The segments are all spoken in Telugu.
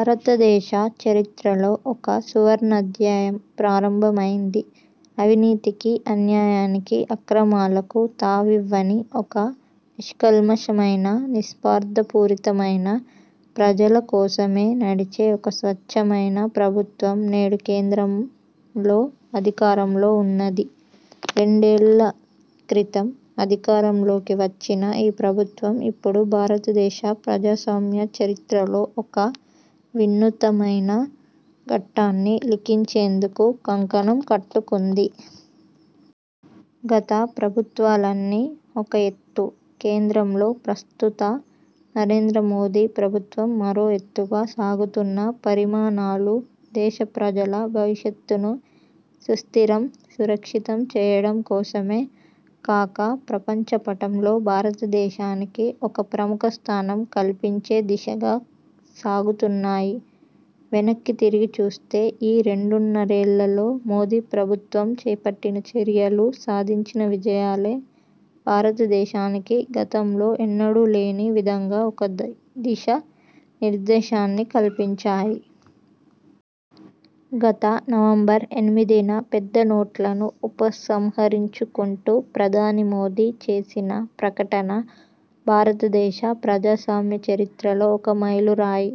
భారతదేశ చరిత్రలో ఒక సువర్ణాధ్యాయం ప్రారంభమైంది. అవినీతికీ, అన్యాయానికీ, అక్రమాలకూ తావునివ్వని ఒక నిష్కల్ మమైన, నిస్వార్థపూరితమైన, ప్రజల కోసమే నడిచే ఒక స్వచ్ఛమైన ప్రభుత్వం నేడు కేంద్రం లో అధికారంలో ఉన్నది. రెండేళ్ల క్రితం అధికారంలోకి వచ్చిన ఈ ప్రభుత్వం ఇప్పుడు భారతదేశ ప్రజాస్వామ్య చరిత్రలో ఒక వినూత్నమైన ఘట్టాన్ని లిఖించేందుకు కంకణం కట్టుకుంది. గత ప్రభుత్వాలన్నీ ఒక ఎత్తూ, కేంద్రంలో ప్రస్తుత నరేంద్ర మోదీ ప్రభుత్వం మరో ఎత్తుగా సాగుతున్న పరిమాణాలు దేశ ప్రజల భవిష్యత్తును సుస్థిరం, సురక్షితం చేయడంకోసమే కాక ప్రపంచ పటంలో భారతదేశానికి ఒక ప్రముఖ స్థానం కల్పించే దిశగా సాగుతున్నాయి. వెనక్కి తిరిగి చూస్తే ఈ రెండున్నరేళ్లలో మోదీ ప్రభుత్వం చేపట్టిన చర్యలు, సాధించిన విజయాలే భారత దేశానికి గతంలో ఎన్నడూ లేని విధంగా ఒక దిశా నిర్దేశాన్ని కల్పించాయి. గత నవంబర్ ఎనిమిదిన పెద్ద నోట్లను ఉపసంహరించుకుంటూ ప్రధాని మోదీ చేసిన ప్రకటన భారతదేశ ప్రజాస్వామ్య చరిత్రలో ఒక మైలురాయి.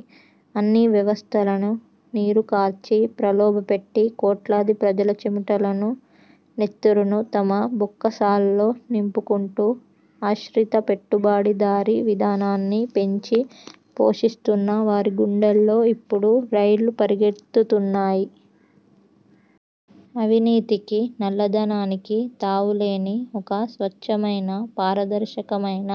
అన్ని వ్యవస్థలనూ నీరుకార్చి, ప్రలోభపెట్టి కోట్లాది ప్రజల చెమటను, నెత్తురునూ తమ బొక్కసాల్లో నింపుకుంటూ, ఆశ్రిత పెట్టుబడిదారీ విధానాన్ని పెంచి పోషిస్తున్న వారి గుండెల్లో ఇప్పుడు రైళ్లు పరుగెత్తుతున్నాయి. అవినీతికి, నల్లధనానికి తావులేని ఒక స్వచ్ఛమైన, పారదర్శకమైన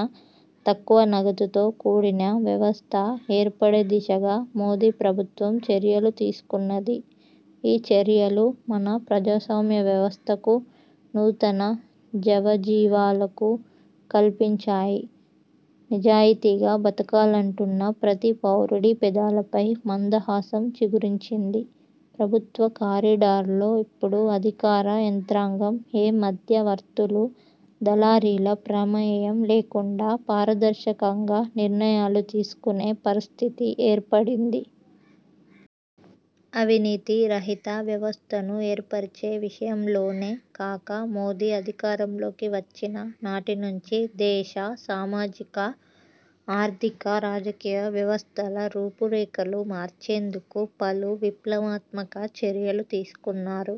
తక్కువ నగదుతో కూడిన వ్యవస్థ ఏర్పడే దిశగా మోదీ ప్రభుత్వం చర్యలు తీసుకున్నది. ఈ చర్యలు మన ప్రజాస్వామ్య వ్యవస్థకు నూతన జవజీవాలకు కల్పించాయి. నిజాయితీగా బతకాలనుకుంటున్న ప్రతి పౌరుడి పెదాలపై మందహాసం చిగురించింది. ప్రభుత్వ కారిడార్లలో ఇప్పుడు అధికార యంత్రాంగం ఏ మధ్యవర్తులు, దళారీల ప్రమేయం లేకుండా పారదర్శకంగా నిర్ణయాలు తీసుకునే పరిస్థితి ఏర్పడింది. అవినీతి రహిత వ్యవస్థను ఏర్పరిచే విషయంలోనే కాక మోదీ అధికారంలోకి వచ్చిన నాటినుంచీ దేశ సామాజిక, ఆర్థిక, రాజకీయ వ్యవస్థల రూపురేఖలు మార్చేందుకు పలు విప్లవాత్మక చర్యలు తీసుకున్నారు.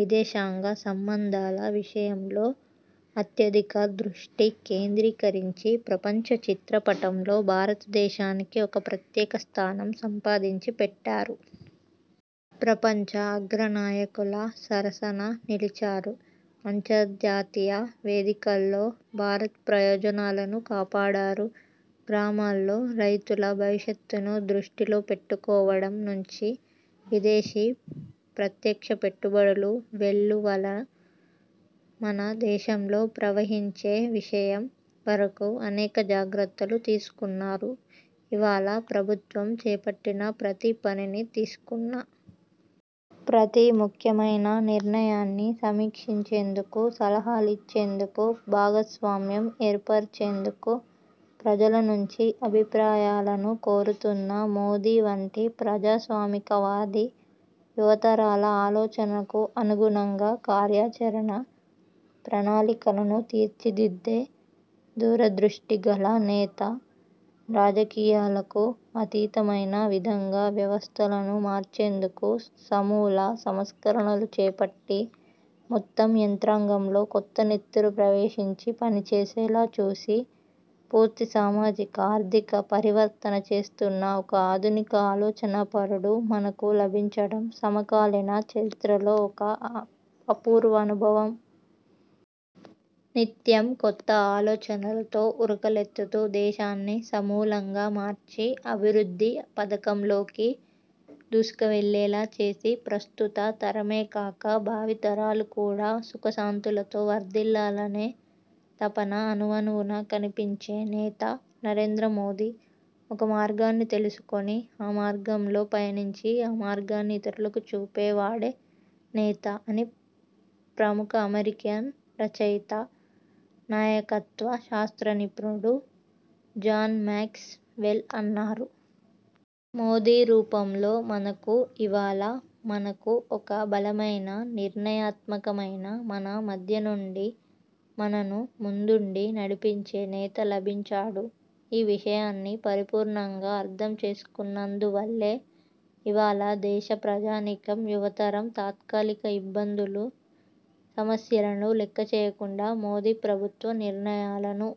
విదేశాంగ సంబంధాల విషయంలో అత్యధిక దృష్టి కేంద్రీకరించి ప్రపంచ చిత్రపటంలో భారతదేశానికి ఒక ప్రత్యేక స్థానం సంపాదించి పెట్టారు. ప్రపంచ అగ్రనాయకుల సరసన నిలిచారు. అంతర్జాతీయ వేదికల్లో భారత్ ప్రయోజనాలను కాపాడారు. గ్రామాల్లో రైతుల భవిష్యత్తును దృష్టిలో పెట్టుకోవడం నుంచి విదేశీ ప్రత్యక్ష పెట్టుబడులు వెల్లువలా మన దేశంలో ప్రవహించే విషయం వరకు అనేక జాగ్రత్తలు తీసుకున్నారు. ఇవాళ ప్రభుత్వం చేపట్టిన ప్రతి పనినీ, తీసుకున్న ప్రతి ముఖ్యమైన నిర్ణయాన్నీ సమీక్షించేందుకు, సలహాలనిచ్చేందుకు, భాగస్వామ్యం ఏర్పర్చేందుకు ప్రజలనుంచి అభిప్రాయాలను కోరుతున్న మోదీ వంటి ప్రజాస్వామికవాది యువతరాల ఆలోచనలకు అనుగుణంగా కార్యాచరణ ప్రణాళికలను తీర్చిదిద్దే దూరదృష్టిగల నేత రాజకీయాలకు అతీతమైన విధంగా వ్యవస్థలను మార్చేందుకు సమూల సంస్కరణలు చేపట్టి, మొత్తం యంత్రాంగంలో కొత్త నెత్తురు ప్రవేశించి పనిచేసేలా చూసి, పూర్తి సామాజిక, ఆర్థిక పరివర్తన చేస్తున్న ఒక ఆధునిక ఆలోచనాపరుడు మనకు లభించడం సమకాలీన చరిత్రలో ఒక అపూర్వానుభవం. నిత్యం కొత్త ఆలోచనలతో ఉరకలెత్తుతూ దేశాన్ని సమూలంగా మార్చి అభివృద్ధి పథంలోకి దూసుకువెళ్లేలా చేసి, ప్రస్తుత తరమే కాక భావితరాలు కూడా సుఖశాంతులతో వర్ధిల్లాలనే తపన అణువణువునా కనిపించే నేత నరేంద్ర మోదీ. ఒక మార్గాన్ని తెలుసుకుని, ఆ మార్గంలో పయనించి, ఆ మార్గాన్ని ఇతరులకు చూపే వాడే నేత అని ప్రముఖ అమెరికన్ రచయిత, నాయకత్వ శాస్త్ర నిపుణుడు జాన్ మాక్స్ వెల్ అన్నారు. మోదీ రూపంలో మనకు ఇవాళ మనకు ఒక బలమైన, నిర్ణయాత్మకమైన, మన మధ్యనుండి మనను ముందుండి నడిపించే నేత లభించాడు. ఈ విషయాన్ని పరిపూర్ణంగా అర్థం చేసుకున్నందువల్లే ఇవాళ దేశ ప్రజానీకం, యువతరం తాత్కాలిక ఇబ్బందులు, సమస్యలను లెక్కచేయకుండా మోదీ ప్రభుత్వ నిర్ణయాలను